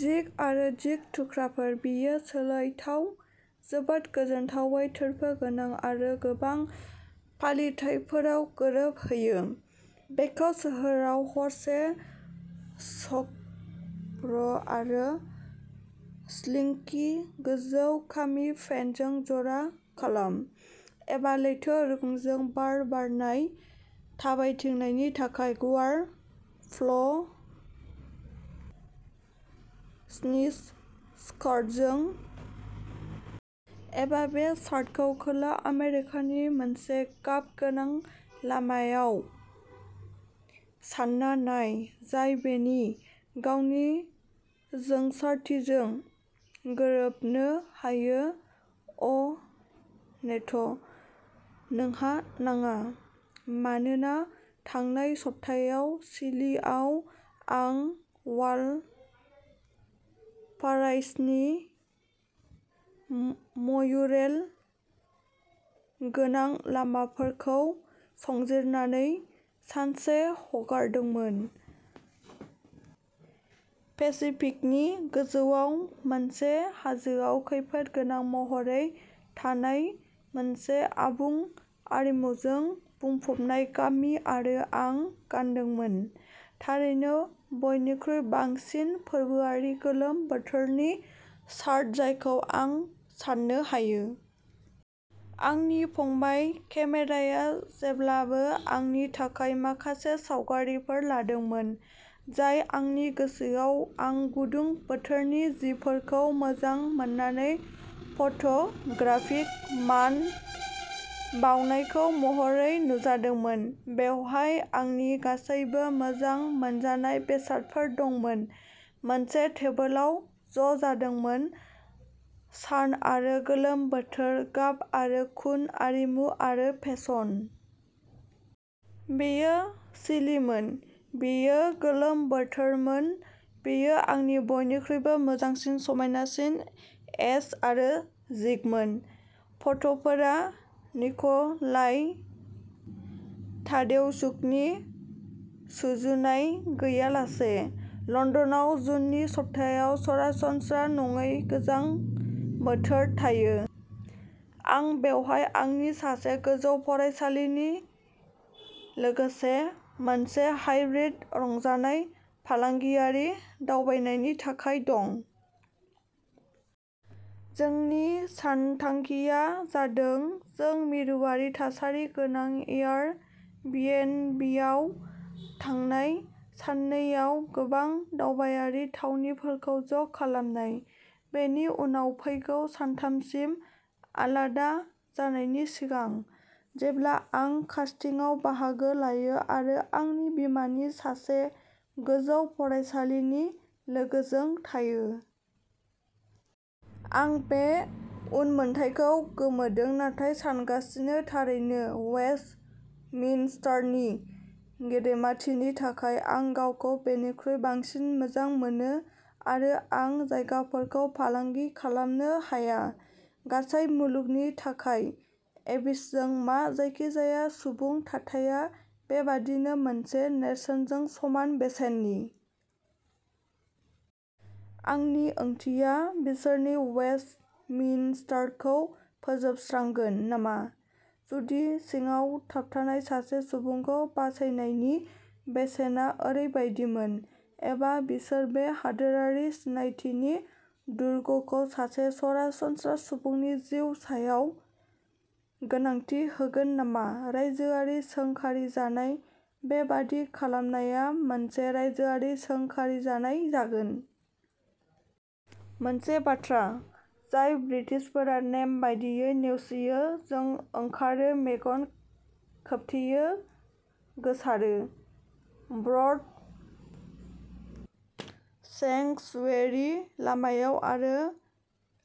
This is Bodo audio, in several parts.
जिग आरो जिग थुख्राफोर, बेयो सोलायथाव, जोबोद गोजोनथावै थोरफो गोनां, आरो गोबां फालिथायफोराव गोरोबहोयो। बेखौ सोहोराव हरसे सक'र आरो स्लिंकि गोजौ-खामि पेन्टजों जरा खालाम, एबा लैथो रुगुंजों बार बारनाय थाबायथिंनायनि थाखाय गुवार फ्ल'सिनिस स्कार्टजों। एबा बे शार्टखौ खोला आमेरिकानि मोनसे गाबगोनां लामायाव सानना नाय, जाय बेनि गावनि जोंसारथिजों गोरोबनो हायो-अ'नेथ', नोंहा नाङा। मानोना थांनाय सप्तायाव चिलीआव, आं वालपाराइस'नि म्युरेल गोनां लामाफोरखौ संजिरनानै सानसे हगारदोंमोन, पेसिफिकनि गोजौआव मोनसे हाजोआव खैफोद गोनां महरै थानाय मोनसे आबुं, आरिमुजों बुंफबनाय गामि-आरो आं गानदोंमोन, थारैनो, बयनिख्रुइ बांसिन फोरबोआरि गोलोम बोथोरनि शार्ट जायखौ आं सान्नो हायो! आंनि फंबाय, केमेराया जेब्लाबो आंनि थाखाय माखासे सावगारिफोर लादोंमोन, जाय आंनि गोसोआव, आं गुदुं बोथोरनि जिफोरखौ मोजां मोननायखौ फट'ग्राफिक मान बाउनाय महरै नुजादोंमोन। बेवहाय आंनि गासैबो मोजां मोनजानाय बेसादफोर दंमोन। मोनसे टेबोलाव ज'जादोंमोनः सान आरो गोलोम बोथोर, गाब आरो खुन, आरिमु आरो फेसन। बेयो चिलिमोन, बेयो गोलोम बोथोरमोन, बेयो आंनि बयनिख्रुइबो मोजांसिन, समायनासिन एस आरो जिगमोन। फट'फोर निक'लाइ तादेउशुकनि, सुजुनाय गैयालासे। लण्डनाव जुननि सप्तायाव सरासनस्रा नङै मोजां बोथोर थायो। आं बेवहाय आंनि सासे गोजौ फरायसालिनि लोगोजों मोनसे हाइब्रिद रंजानाय/फालांगियारि दावबायनायनि थाखाय दं। जोंनि सानथांखिआ जादों जों मिरुआरि-थासारि गोनां एयार बिएनबियाव थांनाय साननैआव गोबां दावबायारि थावनिफोरखौ ज'खालामनाय, बेनि उनाव फैगौ सानथामसिम आलादा जानायनि सिगां, जेब्ला आं कास्टिंआव बाहागो लायो आरो आंनि बिमानि सासे गोजौ फरायसालिनि लोगोजों थायो! आं बे उनमोनथाइखौ गोमोदों नाथाय सानगासिनो; थारैनो, वेस्टमिन्स्टारनि गेदेमाथिनि थाखाय, आं गावखौ बेनिख्रुइ बांसिन मोजां मोनो, आरो आं जायगाफोरखौ फालांगि खालामनो हाया। गासै मुलुगनि थाखाय एबीजों। मा जायखिजाया सुबुं थाथाया बेबादि मोनसे नेरसोनजों समान बेसेननि? आंनि ओंथिया, बिसोर वेस्टमिन्स्टारखौ फोजोबस्रांगोन नामा, जुदि सिङाव थाबथानाय सासे सुबुंखौ बासायनायनि बेसेना ओरैबायदिमोन? एबा बिसोर बे हादोरारि सिनायथिनि दुर्गखौ सासे सरासनस्रा सुबुंनि जिउनि सायाव गोनांथि होगोन नामा? रायजोआरि सोंखारिजानाय! बेबादि खालामनाया मोनसे रायजोआरि सोंखारिजानाय जागोन। मोनसे बाथ्रा जायखौ ब्रिटिशफोरा, नेम बायदियै, नेवसियो। जों ओंखारो, मेगन खोबथेयो, गोसारो। "ब्रड सेंक्सुयेरि" लामायाव आरो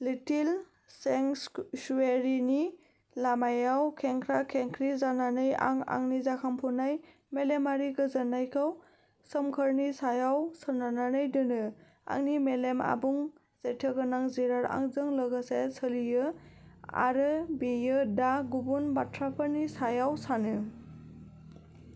"लिटिल सेंक्सुयेरि" लामायाव खेंख्रा-खेंख्रि जानानै, आं आंनि जाखांफुनाय मेलेमारि गोजोननायखौ, सोमखोरनि सायाव गोसारनानै दोनो। आंनि मेलेम-आबुं, जेथोगोनां जिराद-आंजों लोगोसे सोलियो आरो बेयो दा गुबुन बाथ्राफोरनि सायाव सानो।